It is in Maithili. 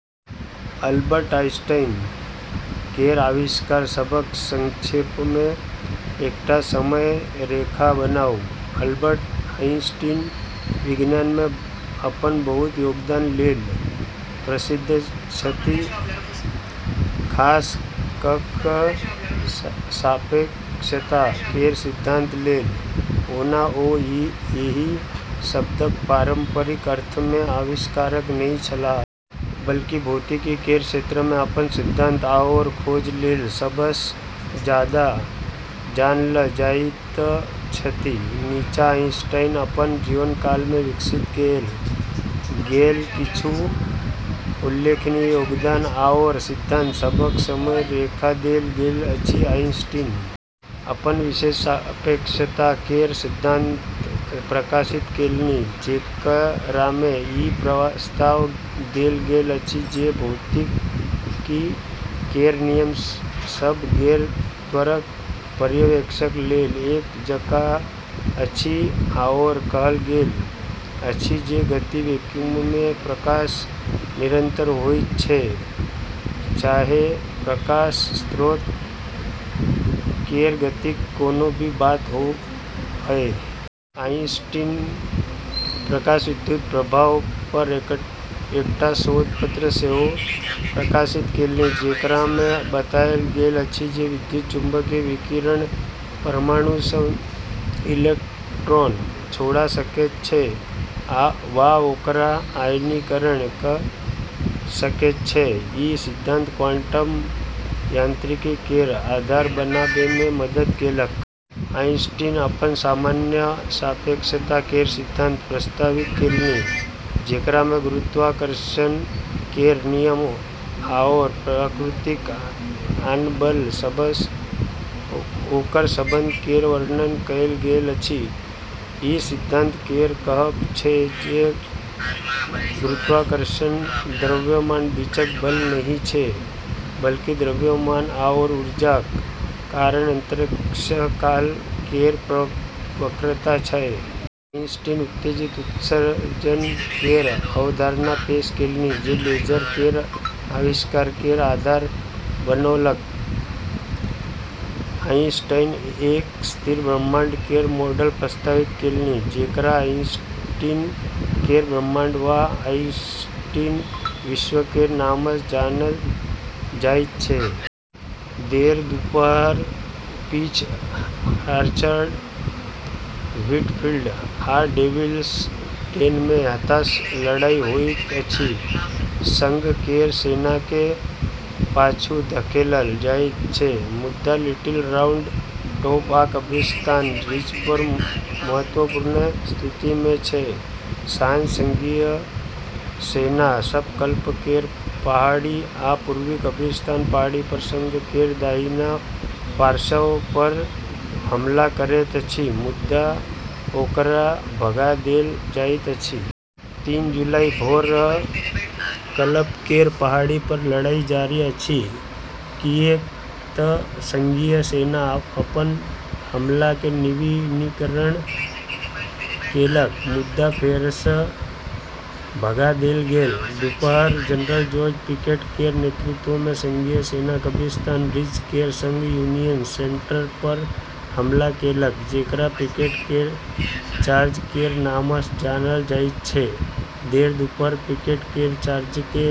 अल्बर्ट आइंस्टीन केर आविष्कार सभक संक्षेपमे एकटा समय रेखा बनाउ। अल्बर्ट आइंस्टीन विज्ञानमे अपन बहुत योगदान लेल प्रसिद्ध छथि, खास कऽ कऽ सापेक्षता केर सिद्धांत लेल। ओना ओ एहि शब्दक पारम्परिक अर्थमे आविष्कारक नहि छलाह। बल्कि भौतिकी केर क्षेत्रमे अपन सिद्धांत आओर खोज लेल सबसँ जादा जानल जाइत छथि। नीचाँ आइंस्टीन अपन जीवनकालमे विकसित कएल गेल किछु उल्लेखनीय योगदान आओर सिद्धांत सभक समय रेखा देल गेल अछि: आइंस्टीन अपन विशेष सापेक्षता केर सिद्धांत प्रकाशित केलनि, जेकरामे ई प्रस्ताव देल गेल अछि जे भौतिकी केर नियम सब गैर-त्वरक पर्यवेक्षक लेल एक जकाँ अछि आओर कहल गेल अछि जे गति वैक्यूममे प्रकाश निरंतर होइत छै, चाहे प्रकाश स्रोत केर गतिक कोनो भी बात होअए। आइंस्टीन प्रकाश विद्युत प्रभावपर एकटा शोध पत्र सेहो प्रकाशित केलनि, जेकरामे बताएल गेल अछि जे विद्युत चुम्बकीय विकिरण परमाणुसँ इलेक्ट्रॉन छोड़ा सकैत छै, वा ओकरा "आयनीकरण" कऽ सकैत छै। ई सिद्धांत क्वांटम यांत्रिकी केर आधार बनाबैमे मदद केलक। आइंस्टीन अपन सामान्य सापेक्षता केर सिद्धांत प्रस्तावित केलनि, जेकरामे गुरुत्वाकर्षण केर नियम आओर प्रकृतिक आन बल सभसँ ओकर संबंध केर वर्णन कएल गेल अछि। ई सिद्धांत केर कहब छै जे गुरुत्वाकर्षण द्रव्यमानक बीचक बल नहि छै, बल्कि द्रव्यमान आओर ऊर्जाक कारण अंतरिक्षकाल केर वक्रता छै। आइंस्टीन उत्तेजित उत्सर्जन केर अवधारणा पेश केलनि, जे लेजर केर आविष्कार केर आधार बनौलक। आइंस्टीन एक स्थिर ब्रह्मांड केर मॉडल प्रस्तावित केलनि, जेकरा आइंस्टीन केर ब्रह्मांड वा आइंस्टीन विश्व केर नामसँ जानल जाइत छै। - देर दुपहर: पीच ऑर्चार्ड, व्हीटफील्ड, आ डेविल्स डेनमे हताश लड़ाई होइत अछि। संघ केर सेनाकेँ पाछू धकेलल जाइत छै मुदा लिटिल राउंड टॉप आ कब्रिस्तान रिजपर महत्वपूर्ण स्थितिमे छै। साँझ: संघीय सेना सब कल्प केर पहाड़ी आ पूर्वी कब्रिस्तान पहाड़ीपर संघ केर दाहिना पार्श्वपर हमला करैत अछि, मुदा ओकरा भगा देल जाइत अछि। तीन जुलाई, भोर: कलप केर पहाड़ीपर लड़ाई जारी अछि किऐक तऽ संघीय सेना अपन हमलाकेँ नवीनीकरण केलक, मुदा फेरसँ भगा देल गेल। दुपहर: जनरल जॉर्ज पिकेट केर नेतृत्वमे संघीय सेना कब्रिस्तान रिज केर संग यूनियन सेंटरपर हमला केलक, जेकरा पिकेट केर चार्ज केर नामसँ जानल जाइत छै। देर दुपहर: पिकेट केर चार्जकेँ।